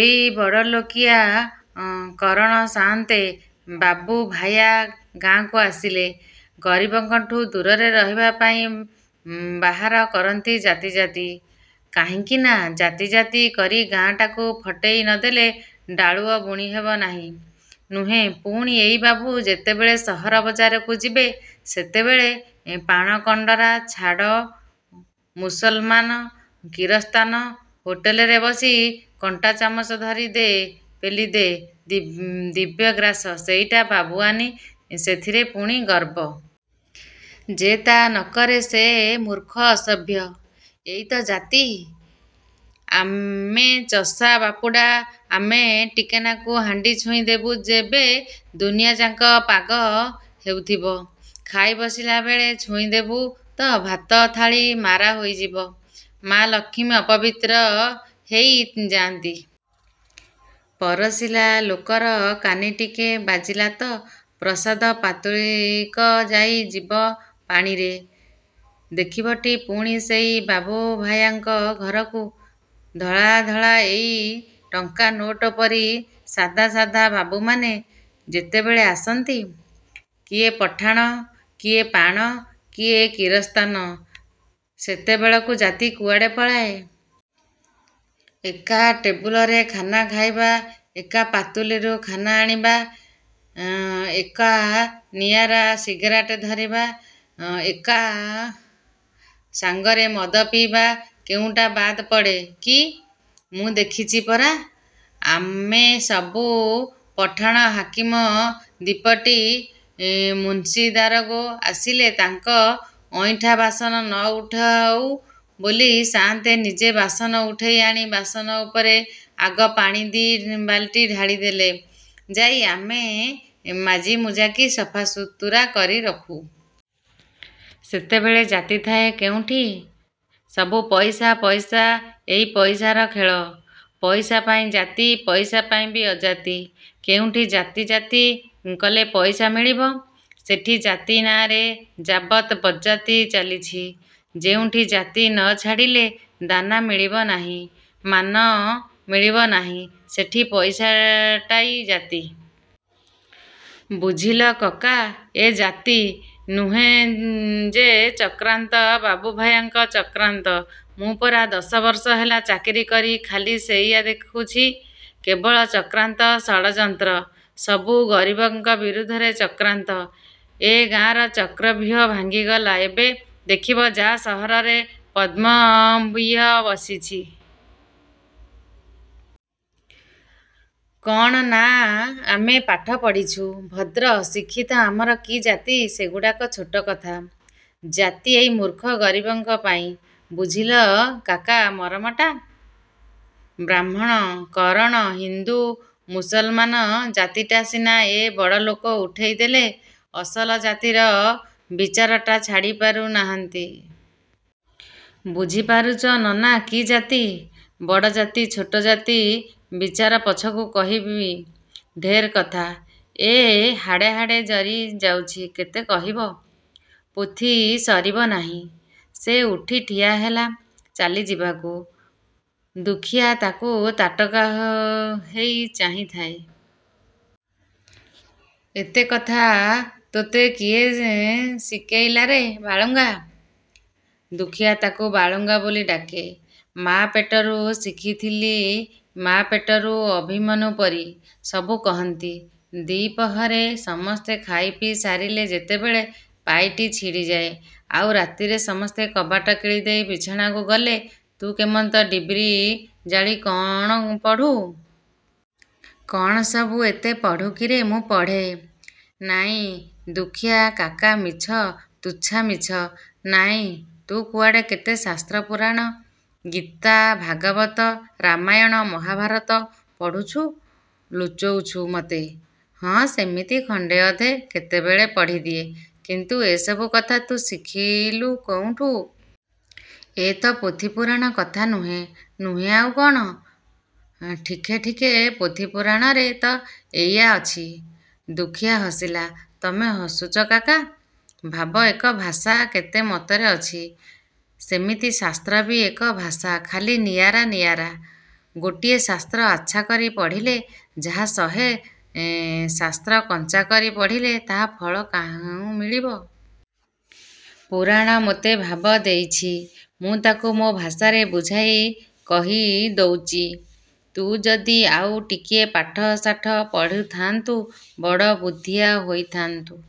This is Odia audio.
ଏଇ ବଡ଼ଲୋକିଆ, କରଣ ସାଆନ୍ତେ, ବାବୁଭାୟା ଗାଁକୁ ଆସିଲେ, ଗରିବଙ୍କଠୁ ଦୂରରେ ରହିବାପାଇଁ ବାହାର କରନ୍ତି ଜାତି ଜାତି। କାହିଁକିନା, ଜାତି ଜାତି କରି ଗାଁଟାକୁ ଫଟେଇ ନଦେଲେ ଡାଳୁଅ ବୁଣିହେବ ନାହିଁ। ନୁହେଁ ପୁଣି ଏଇ ବାବୁ ଯେତେବେଳେ ସହର ବଜାରକୁ ଯିବେ ସେତେବେଳେ ପାଣକଣ୍ଡରା ଛାଡ଼, ମୁସଲମାନ କିରସ୍ତାନ ହୋଟଲରେ ବସି କଣ୍ଟା ଚାମଚ ଧରି ଦେ' ପେଲି ଦେ ଦିବ୍ୟଗ୍ରାସ ସେଇଟା ବାବୁଆନି ସେଥିରେ ପୁଣି ଗର୍ବ। ଯେ ତା' ନକରେ ସେ ମୂର୍ଖ ଅସଭ୍ୟ। ଏଇ ତ ଜାତି? ଆମେ ଚଷା ବାପୁଡ଼ା, ଆମେ ଟିକେନାକୁ ହାଣ୍ଡି ଛୁଇଁ ଦେବୁ ଯେବେ ଦୁନିଆଯାକ ପାଗ ହେଉଥିବ ଖାଇ ବସିଲାବେଳେ ଛୁଇଁଦେବୁ ତ ଭାତ ଥାଳି ମାରା ହୋଇଯିବ ମା ଲକ୍ଷ୍ମୀ ଅପବିତ୍ର ହେଇ ଯାଆନ୍ତି। ପରଷିଲା ଲୋକର କାନିଟିକେ ବାଜିଲା ତ ପ୍ରସାଦ ପାତୁଳିକଯାଇ ଯିବ ପାଣିରେ। ଦେଖିବଟି ପୁଣି ସେଇ ବାବୁଭାୟାଙ୍କ ଘରକୁ ଧଳା-ଧଳା ଏଇ ଟଙ୍କା ନୋଟ ପରି ସାଦା ସାଦା ବାବୁମାନେ ଯେତେବେଳେ ଆସନ୍ତି, କିଏ ପଠାଣ, କିଏ ପାଣ, କିଏ କିରସ୍ତାନ, ସେତେବେଳକୁ ଜାତି କୁଆଡ଼େ ପଳାଏ। ଏକା ଟେବୁଲରେ ଖାନା ଖାଇବା, ଏକା ପାତୁଲିରୁ ଖାନା ଆଣିବା, ଏକା ନିଆରା ସିଗାରେଟ ଧରିବା, ଏକା ସାଙ୍ଗରେ ମଦ ପିଇବା କେଉଁଟା ବାଦ୍ ପଡ଼େ କି? ମୁଁ ଦେଖିଛି ପରା? ଆମେ ସବୁ ପଠାଣ ହାକିମ ଦିପଟି ମୁନ୍ସି ଦାରୋଗୋ ଆସିଲେ ତାଙ୍କ ଅଇଁଠା ବାସନ ନ ଉଠାଉ ବୋଲି ସାଆନ୍ତେ ନିଜେ ବାସନ ଉଠେଇ ଆଣି ବାସନ ଉପରେ ଆଗ ପାଣି ଦି' ବାଲଟି ଢାଳିଦେଲେ ଯାଇ ଆମେ ମାଜି ମୁଜାକି ସଫା ସୁତୁରା କରି ରଖୁ। ସେତେବେଳେ ଜାତି ଥାଏ କେଉଁଠି? ସବୁ ପଇସା ପଇସା ଏଇ ପଇସାର ଖେଳ। ପଇସାପାଇଁ ଜାତି ପଇସାପାଇଁବି ଅଜାତି। କେଉଁଠି ଜାତି ଜାତି କଲେ ପଇସା ମିଳିବ, ସେଠି ଜାତି ନାଆଁରେ ଯାବତ୍ ବଜ୍ଜାତି ଚାଲିଛି। ଯେଉଁଠି ଜାତି ନଛାଡ଼ିଲେ ଦାନା ମିଳିବ ନାହିଁ, ମାନ ମିଳିବ ନାହିଁ ସେଠି ପଇସାଟାଇ ଜାତି। ବୁଝିଲ କକା। ଏ ଜାତି। ନୁହେଁ ଯେ ଚକ୍ରାନ୍ତ ବାବୁଭାୟାଙ୍କ ଚକ୍ରାନ୍ତ ମୁଁ ପରା ଦଶବର୍ଷ ହେଲା ଚାକିରି କରି ଖାଲି ସେଇଆ ଦେଖୁଚି। କେବଳ ଚକ୍ରାନ୍ତ ଷଡ଼ଯନ୍ତ୍ର। ସବୁ ଗରିବଙ୍କ ବିରୁଦ୍ଧରେ ଚକ୍ରାନ୍ତ। ଏ ଗାଁର ଚକ୍ରବ୍ୟୂହ ଭାଙ୍ଗିଗଲା ଏବେ ଦେଖିବ ଯା ସହରରେ ପଦ୍ମବ୍ୟୂହ ବସିଚି। କ'ଣ ନା ଆମେ ପାଠ ପଢ଼ିଛୁ ଭଦ୍ର ଶିକ୍ଷିତ ଆମର କି ଜାତି ସେଗୁଡ଼ାକ ଛୋଟ କଥା। ଜାତି ଏଇ ମୂର୍ଖ ଗରିବଙ୍କ ପାଇଁ। ବୁଝିଲ କାକା ମରମଟା? ବ୍ରାହ୍ମଣ କରଣ, ହିନ୍ଦୁ ମୁସଲମାନ ଜାତିଟା ସିନା ଏ ବଡ଼ଲୋକ ଉଠେଇଦେଲେ ଅସଲ ଜାତିର ବିଚାରଟା ଛାଡ଼ି ପାରୁ ନାହାନ୍ତି। ବୁଝି ପାରୁଚ ନନା କି ଜାତି? ବଡ଼ ଜାତି ଛୋଟ ଜାତି ବିଚାର ପଛକୁ କହିବି, ଢେର୍ କଥା। ଏ ହାଡ଼େ ହାଡ଼େ ଜରି ଯାଉଛି କେତେ କହିବ? ପୋଥି ସରିବ ନାହିଁ। ସେ ଉଠି ଠିଆହେଲା ଚାଲି ଯିବାକୁ। ଦୁଃଖୀଆ ତାକୁ ତାଟକା ହେଇ ଚାହିଁ ଥାଏ। ଏତେ କଥା ତୋତେ କିଏ ଶିକେଇଲାରେ ବାଳୁଙ୍ଗା? ଦୁଃଖୀଆ ତାକୁ ବାଳୁଙ୍ଗା ବୋଲି ଡାକେ। ମା ପେଟରୁ ଶିଖିଥିଲି ମା ପେଟରୁ ଅଭିମନ୍ୟୁ ପରି। ସବୁ କହନ୍ତି, ଦିପହରେ ସମସ୍ତେ ଖାଇପିଇ ସାରିଲେ ଯେତେବେଳେ ପାଇଟି ଛିଡ଼ିଯାଏଁ, ଆଉ ରାତିରେ ସମସ୍ତେ କବାଟ କିଳିଦେଇ ବିଛଣାକୁ ଗଲେ ତୁ କେମନ୍ତ ଡିବିରି ଜାଳି କ'ଣ ପଢ଼ୁ। କ'ଣ ସବୁ ଏତେ ପଢ଼ୁ କିରେ ମୁଁ ପଢ଼େ? ନାଇଁ ଦୁଃଖୀଆ କାକା ମିଛ ତୁଚ୍ଛା ମିଛ। ନାଇଁ, ତୁ କୁଆଡ଼େ କେତେ ଶାସ୍ତ୍ର ପୁରାଣ, ଗୀତା ଭାଗବତ, ରାମାୟଣ ମହାଭାରତ ପଢ଼ୁଛୁ। ଲୁଚଉଚୁ ମତେ। ହଁ ସେମିତି ଖଣ୍ଡେ ଅଧେ କେତେବେଳେ ପଢ଼ିଦିଏ। କିନ୍ତୁ ଏସବୁ କଥା ତୁ ଶିଖିଲୁ କଉଁଠୁ? ଏ ତ ପୋଥିପୁରାଣ କଥା ନୁହେଁ।”ନୁହେଁ ଆଉ କ'ଣ। ଠିକେଠିକେ ପୋଥିପୁରାଣରେ ତ ଏଇୟା ଅଛି। ଦୁଃଖୀଆ ହସିଲା। ତମେ ହସୁଛ କାକା? ଭାବ ଏକ ଭାଷା କେତେ ମତରେ ଅଛି। ସେମିତି ଶାସ୍ତ୍ରବି ଏକ ଭାଷା ଖାଲି ନିଆରା ନିଆରା। ଗୋଟିଏ ଶାସ୍ତ୍ର ଆଚ୍ଛା କରି ପଢ଼ିଲେ ଯାହା ଶହେ ଶାସ୍ତ୍ର କଞ୍ଚା କରି ପଢ଼ିଲେ ତା' ଫଳ କାହୁଁ ମିଳିବ? ପୁରାଣ ମୋତେ ଭାବ ଦେଇଛି। ମୁଁ ତାକୁ ମୋ ଭାଷାରେ ବୁଝାଇ କହି ଦଉଚି। ତୁ ଯଦି ଆଉ ଟିକିଏ ପାଠଶାଠ ପଢ଼ିଥାନ୍ତୁ ବଡ଼ ବୁଦ୍ଧିଆ ହୋଇଥାନ୍ତୁ।